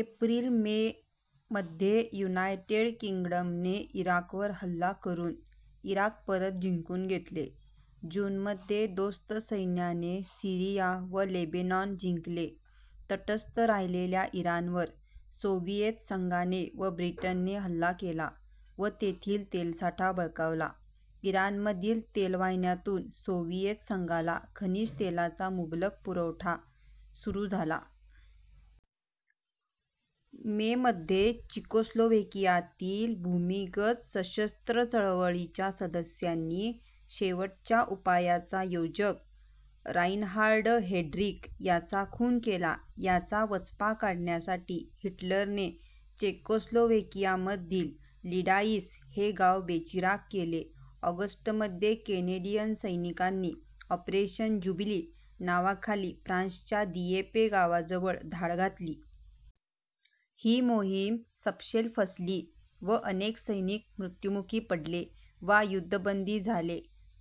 April May मध्ये United किंग्डमने इराकवर हल्ला करून इराक परत जिंकून घेतले. जूनमध्ये दोस्त सैन्याने सीरिया व लेबेनॉन जिंकले. तटस्थ राहिलेल्या इराणवर सोव्हिएत संघाने व ब्रिटनने हल्ला केला व तेथील तेलसाठा बळकावला. इराणमधील तेलवाहिन्यांतून सोव्हिएत संघाला खनिज तेलाचा मुबलक पुरवठा सुरू झाला. मे मध्ये चेकोस्लोव्हेकियातील भूमिगत सशस्त्र चळवळीच्या सद्स्यांनी ' शेवटच्या उपायाचा ' योजक राइनहार्ड हेड्रिख याचा खून केला. याचा वचपा काढण्यासाठी हिटलरने चेकोस्लोव्हेकियामधील लिडाईस हे गाव बेचिराख केले. ऑगस्टमध्ये केनेडीयन सैनिकांनी ऑपरेशन ज्युबिली नावाखाली फ्रान्सच्या दियेपे गावाजवळ धाड घातली. ही मोहीम सपशेल फसली व अनेक सैनिक मृत्युमुखी पडले वा युद्धबंदी झाले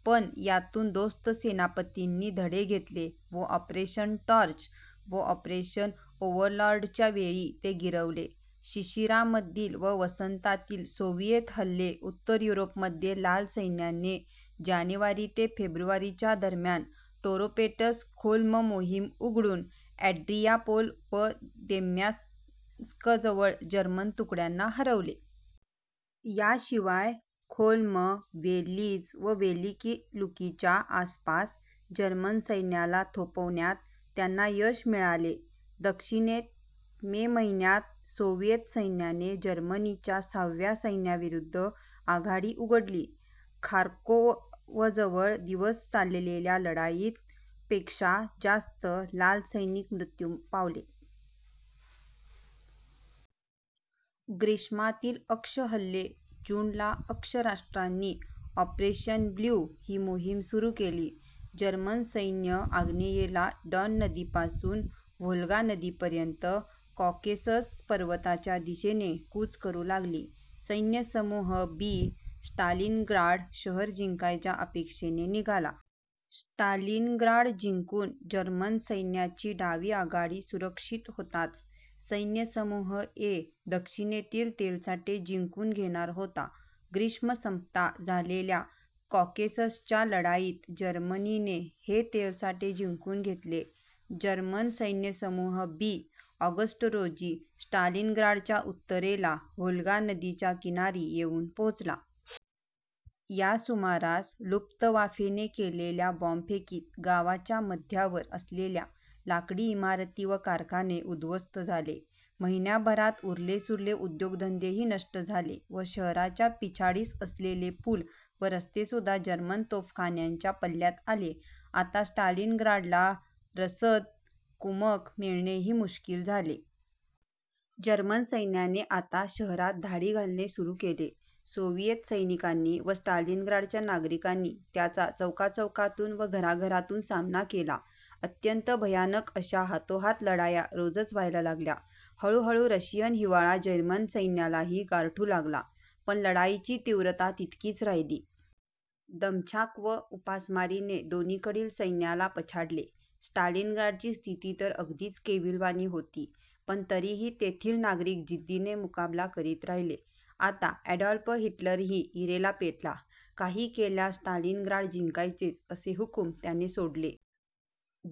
पण यातून दोस्त सेनापतींनी धडे घेतले व ऑपरेशन टॉर्च व ऑपरेशन ओव्हरलॉर्डच्यावेळी ते गिरवले. शिशिरामधील व वसंतातील सोव्हिएत हल्ले उत्तर युरोपमध्ये लाल सैन्याने जानेवारी ते फेब्रुवारी च्या दरम्यान टोरोपेट्स-खोल्म मोहीम उघडुन अँड्रियापोल व देम्यान्स्कजवळ जर्मन तुकड्यांना हरवले. याशिवाय खोल्म, वेलिझ व वेलिकी लुकीच्या आसपास जर्मन सैन्याला थोपवण्यात त्यांना यश मिळाले. दक्षिणेत मे महिन्यात सोव्हिएत सैन्याने जर्मनीच्या सहाव्या सैन्याविरुद्ध आघाडी उघडली. खार्कोव्हजवळ दिवस चाललेल्या लढाईत, पेक्षा जास्त लाल सैनिक मृत्यू पावले. ग्रीष्मातील अक्ष हल्ले जून ला अक्ष राष्ट्रांनी ऑपरेशन ब्लू ही मोहीम सुरू केली. जर्मन सैन्य आग्नेयेला डॉन नदी पासून व्होल्गा नदीपर्यंत कॉकेसस पर्वतांच्या दिशेने कूच करू लागली. सैन्यसमूह बी स्टालिनग्राड शहर जिंकायच्या अपेक्षेने निघाला. स्टालिनग्राड जिंकून जर्मन सैन्याची डावी आघाडी सुरक्षित होताच सैन्यसमूह ए दक्षिणेतील तेलसाठे जिंकून घेणार होता. ग्रीष्म संपता झालेल्या कॉकेससच्या लढाईत जर्मनीने हे तेलसाठे जिंकून घेतले. जर्मन सैन्यसमूह बी ऑगस्ट, रोजी स्टालिनग्राडच्या उत्तरेला व्होल्गा नदीच्या किनारी येऊन पोचला. यासुमारास लुफ्तवाफेने केलेल्या बॉम्बफेकीत गावाच्या मध्यावर असलेल्या लाकडी इमारती व कारखाने उद्ध्वस्त झाले. महिन्याभरात उरलेसुरले उद्योग-धंदेही नष्ट झाले व शहराच्या पिछाडीस असलेले पूल व रस्तेसुद्धा जर्मन तोफखान्याच्या पल्ल्यात आले. आता स्टालिनग्राडला रसद/कुमक मिळणेही मुश्किल झाले. जर्मन सैन्याने आता शहरात धाडी घालणे सुरू केले. सोव्हिएत सैनिकांनी व स्टालिनग्राडच्या नागरिकांनी त्यांचा चौकाचौकातून व घराघरातून सामना केला. अत्यंत भयानक अश्या हातोहात लढाया रोजच व्हायला लागल्या. हळूहळू रशियन हिवाळा जर्मन सैन्यालाही गारठू लागला पण लढाईची तीव्रता तितकीच राहिली. दमछाक व उपासमारीने दोन्हीकडील सैन्याला पछाडले. स्टालिनग्राडची स्थिती तर अगदीच केविलवाणी होती पण तरीही तेथील नागरिक जिद्दीने मुकाबला करीत राहिले. आता ॲडॉल्फ हिटलरही ईरेला पेटला. काही केल्या स्टालिनग्राड जिंकायचेच असे हुकुम त्याने सोडले.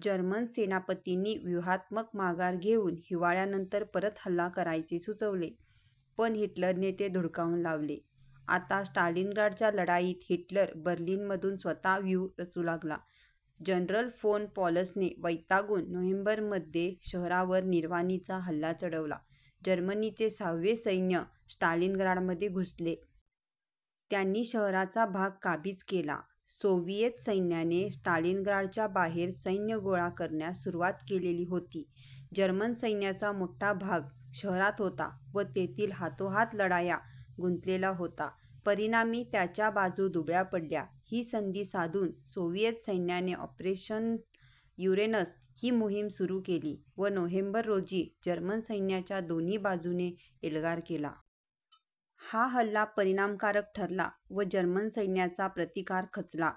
जर्मन सेनापतींनी व्यूहात्मक माघार घेउन हिवाळ्यानंतर परत हल्ला करायचे सुचवले पण हिटलरने ते धुडकावून लावले. आता स्टालिनग्राडच्या लढाईत हिटलर बर्लिनमधून स्वतः व्यूह रचू लागला. जनरल फोन पॉलसने वैतागून नोव्हेंबरमध्ये शहरावर निर्वाणीचा हल्ला चढवला जर्मनीचे सहावे सैन्य स्टालिनग्राडमध्ये घुसले. त्यांनी शहराचा भाग काबीज केला. सोव्हिएत सैन्याने स्टालिनग्राडच्या बाहेर सैन्य गोळा करण्यास सुरुवात केलेली होती. जर्मन सैन्याचा मोठा भाग शहरात होता व तेथील हातोहात लढायां गुंतलेला होता. परिणामी त्यांच्या बाजू दुबळ्या पडल्या. ही संधी साधून सोव्हिएत सैन्याने ऑपरेशन युरेनस ही मोहीम सुरू केली व नोव्हेंबर रोजी जर्मन सैन्याच्या दोन्ही बाजूने एल्गार केला. हा हल्ला परिणामकारक ठरला व जर्मन सैन्याचा प्रतिकार खचला.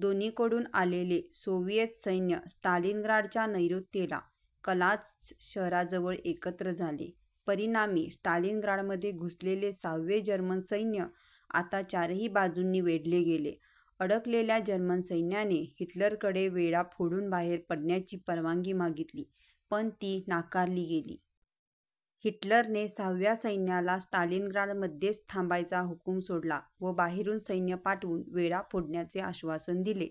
दोन्हीकडून आलेले सोव्हिएत सैन्य स्टालिनग्राडच्या नैर्ऋत्येला कलाच शहराजवळ एकत्र झाले. परिणामी स्टालिनग्राडमध्ये घुसलेले सहावे जर्मन सैन्य आता चारही बाजूंनी वेढले गेले. अडकलेल्या जर्मन सैन्याने हिटलरकडे वेढा फोडून बाहेर पडण्याची परवानगी मागितली पण ती नाकारली गेली. हिटलरने सहाव्या सैन्याला स्टालिनग्राडमध्येच थांबायचा हुकुम सोडला व बाहेरून सैन्य पाठवून वेढा फोडण्याचे आश्वासन दिले.